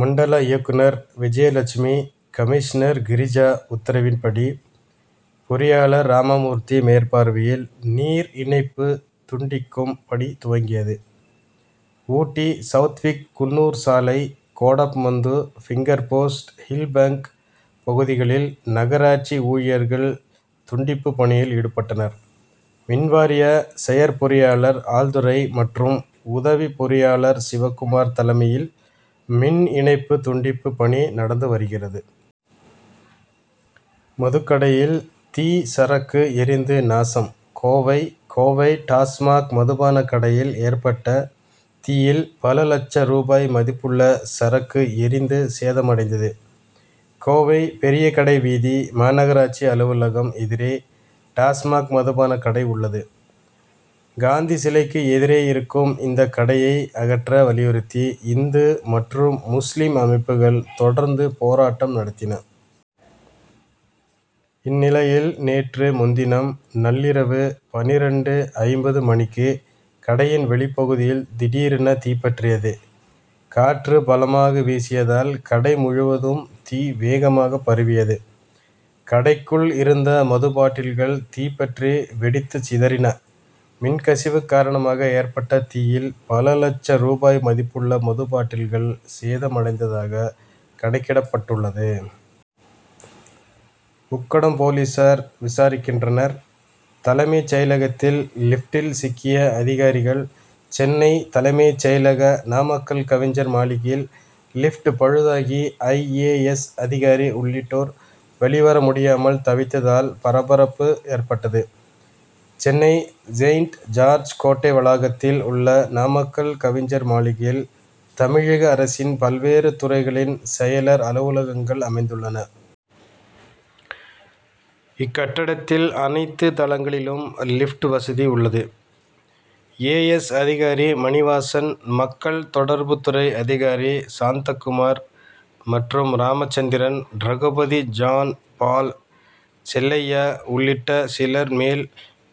மண்டல இயக்குனர் விஜயலட்சுமி கமிஷ்னர் கிரிஜா உத்தரவின் படி பொறியாளர் ராமமூர்த்தி மேற்பார்வையில் நீர் இணைப்பு துண்டிக்கும் பணி துவங்கியது. ஊட்டி சவுத்விக் குன்னூர் சாலை கோடப்மந்து பிங்கர்போஸ்ட் ஹில்பங்க் பகுதிகளில் நகராட்சி ஊழியர்கள் துண்டிப்பு பணியில் ஈடுபட்டனர். மின்வாரிய செயற்பொறியாளர் ஆல்துரை மற்றும் உதவி பொறியாளர் சிவகுமார் தலைமையில் மின் இணைப்பு துண்டிப்பு பணி நடந்து வருகிறது. மதுக்கடையில் தீ சரக்கு எரிந்து நாசம் கோவை கோவை டாஸ்மாக் மதுபானக் கடையில் ஏற்பட்ட தீயில் பல லட்சம் ரூபாய் மதிப்புள்ள சரக்கு எரிந்து சேதமடைந்தது. கோவை பெரிய கடைவீதி மாநகராட்சி அலுவலகம் எதிரே டாஸ்மாக் மதுபானக் கடை உள்ளது. காந்தி சிலைக்கு எதிரே இருக்கும் இந்த கடையை அகற்ற வலியுறுத்தி இந்து மற்றும் முஸ்லிம் அமைப்புகள் தொடர்ந்து போராட்டம் நடத்தின. இந்நிலையில் நேற்று முன்தினம் நள்ளிரவு பன்னிரண்டு ஐம்பது மணிக்கு கடையின் வெளிப்பகுதியில் திடீரென தீப்பற்றியது. காற்று பலமாக வீசியதால் கடை முழுவதும் தீ வேகமாக பரவியது. கடைக்குள் இருந்த மதுபாட்டில்கள் தீப்பற்றி வெடித்துச்சிதறின. மின்கசிவு காரணமாக ஏற்பட்ட தீயில் பல லட்சம் ரூபாய் மதிப்புள்ள மதுபாட்டில்கள் சேதமடைந்ததாக கணக்கிடப் பட்டுள்ளது. உக்கடம் போலீசார் விசாரிக்கின்றனர். தலைமைச் செயலகத்தில் லிப்டில் சிக்கிய அதிகாரிகள் சென்னை தலைமைச் செயலக நாமக்கல் கவிஞர் மாளிகையில் லிப்ட் பழுதாகி ஐ. ஏ. எஸ். அதிகாரி உள்ளிட்டோர் வெளிவர முடியாமல் தவித்ததால் பரபரப்பு ஏற்பட்டது. சென்னை செயின்ட் ஜார்ஜ் கோட்டை வளாகத்தில் உள்ள நாமக்கல் கவிஞர் மாளிகையில் தமிழக அரசின் பல்வேறு துறைகளின் செயலர் அலுவலகங்கள் அமைந்துள்ளன. இக்கட்டடத்தில் அனைத்து தளங்களுக்கும் லிப்ட் வசதி உள்ளது. ஏ. எஸ். அதிகாரி மணிவாசன் மக்கள் தொடர்பு துறை அதிகாரி சாந்தகுமார் மற்றும் ராமச்சந்திரன் ரகுபதி ஜான் பால் செல்லையா உள்ளிட்ட சிலர் மேல்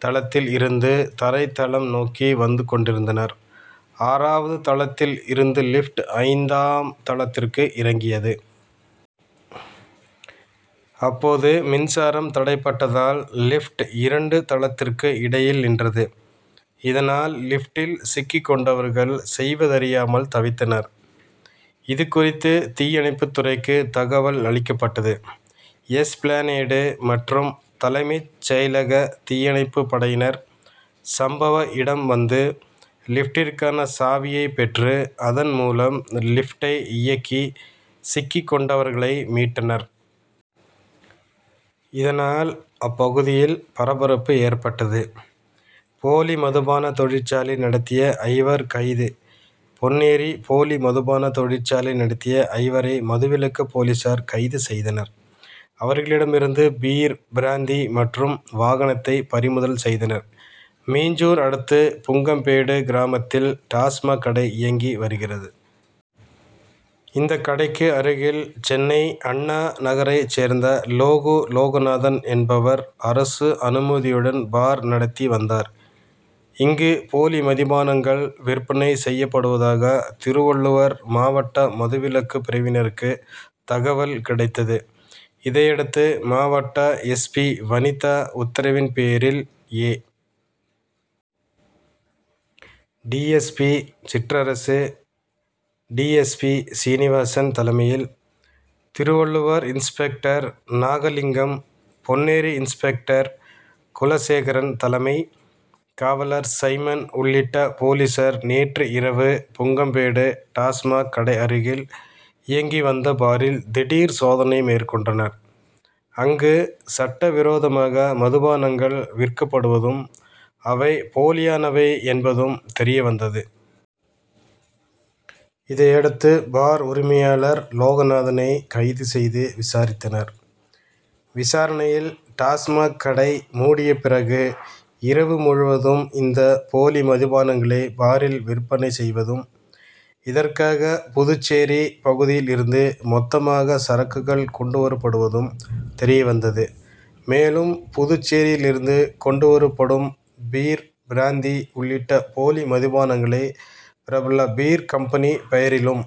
தளத்தில் இருந்து தரை தளம் நோக்கி வந்து கொண்டிருந்தனர். ஆறாவது தளத்தில் இருந்து லிப்ட் ஐந்தாம் தளத்திற்கு இறங்கியது. அப்போது மின்சாரம் தடைபட்டதால் லிப்ட் இரண்டு தளத்திற்கும் இடையில் நின்றது. இதனால் லிப்ட்டில் சிக்கிக் கொண்டவர்கள் செய்வதறியாமல் தவித்தனர். இதுகுறித்து தீயணைப்புத் துறைக்கு தகவல் அளிக்கப்பட்டது. எஸ்பிளனேடு மற்றும் தலைமைச் செயலக தீயணைப்பு படையினர் சம்பவ இடம் வந்து லிப்ட்டிற்கான சாவியை பெற்று அதன் மூலம் லிப்டை இயக்கி சிக்கிக் கொண்டவர்களை மீட்டனர். இதனால் அப்பகுதியில் பரபரப்பு ஏற்பட்டது. போலி மதுபான தொழிற்சாலை நடத்திய ஐவர் கைது பொன்னேரி போலி மதுபான தொழிற்சாலை நடத்திய ஐவரை மதுவிலக்கு போலீசார் கைது செய்தனர். அவர்களிடமிருந்து பீர் பிராந்தி மற்றும் வாகனத்தை பறிமுதல் செய்தனர். மீஞ்சூர் அடுத்த புங்கம்பேடு கிராமத்தில் டாஸ்மாக் கடை இயங்கி வருகிறது. இந்த கடைக்கு அருகில் சென்னை அண்ணா நகரை சேர்ந்த லோகு லோகநாதன் என்பவர் அரசு அனுமதியுடன் பார் நடத்தி வந்தார். இங்கு போலி மதுபானங்கள் விற்பனை செய்யப்படுவதாக திருவள்ளூவர் மாவட்ட மதுவிலக்கு பிரிவினருக்கு தகவல் கிடைத்தது. இதையடுத்து மாவட்ட எஸ். பி. வனிதா உத்தரவின்பேரில் A. D. S. P. Sitrarasu D. S. P. Srinivasan தலைமையில் திருவள்ளூர் இன்ஸ்பெக்டர் நாகலிங்கம் பொன்னேரி இன்ஸ்பெக்டர் குலசேகரன் தலைமை காவலர் சைமன் உள்ளிட்ட போலீசார் நேற்று இரவு புங்கம்பேடு டாஸ்மாக் கடை அருகில் இயங்கி வந்த பாரில் திடீர் சோதனை மேற்கொண்டனர். அங்கு சட்டவிரோதமாக மதுபானங்கள் விற்கப்படுவதும் அவை போலியானவை என்பதும் தெரியவந்தது. இதையடுத்து பார் உரிமையாளர் லோகநாதனை கைது செய்து விசாரித்தனர். விசாரணையில் டாஸ்மாக் கடை மூடிய பிறகு இரவு முழுவதும் இந்த போலி மாதுபானங்களை பாரில் விற்பனை செய்வதும் இதற்காக புதுச்சேரி பகுதியில் இருந்து மொத்தமாக சரக்குகள் கொண்டுவரப்படுவதும் தெரியவந்தது. மேலும் புதுச்சேரியிலிருந்து கொண்டுவரப்படும் பீர் பிராந்தி உள்ளிட்ட போலி மதுபானங்களை பிரபல பீர் கம்பெனி பெயரிலும்.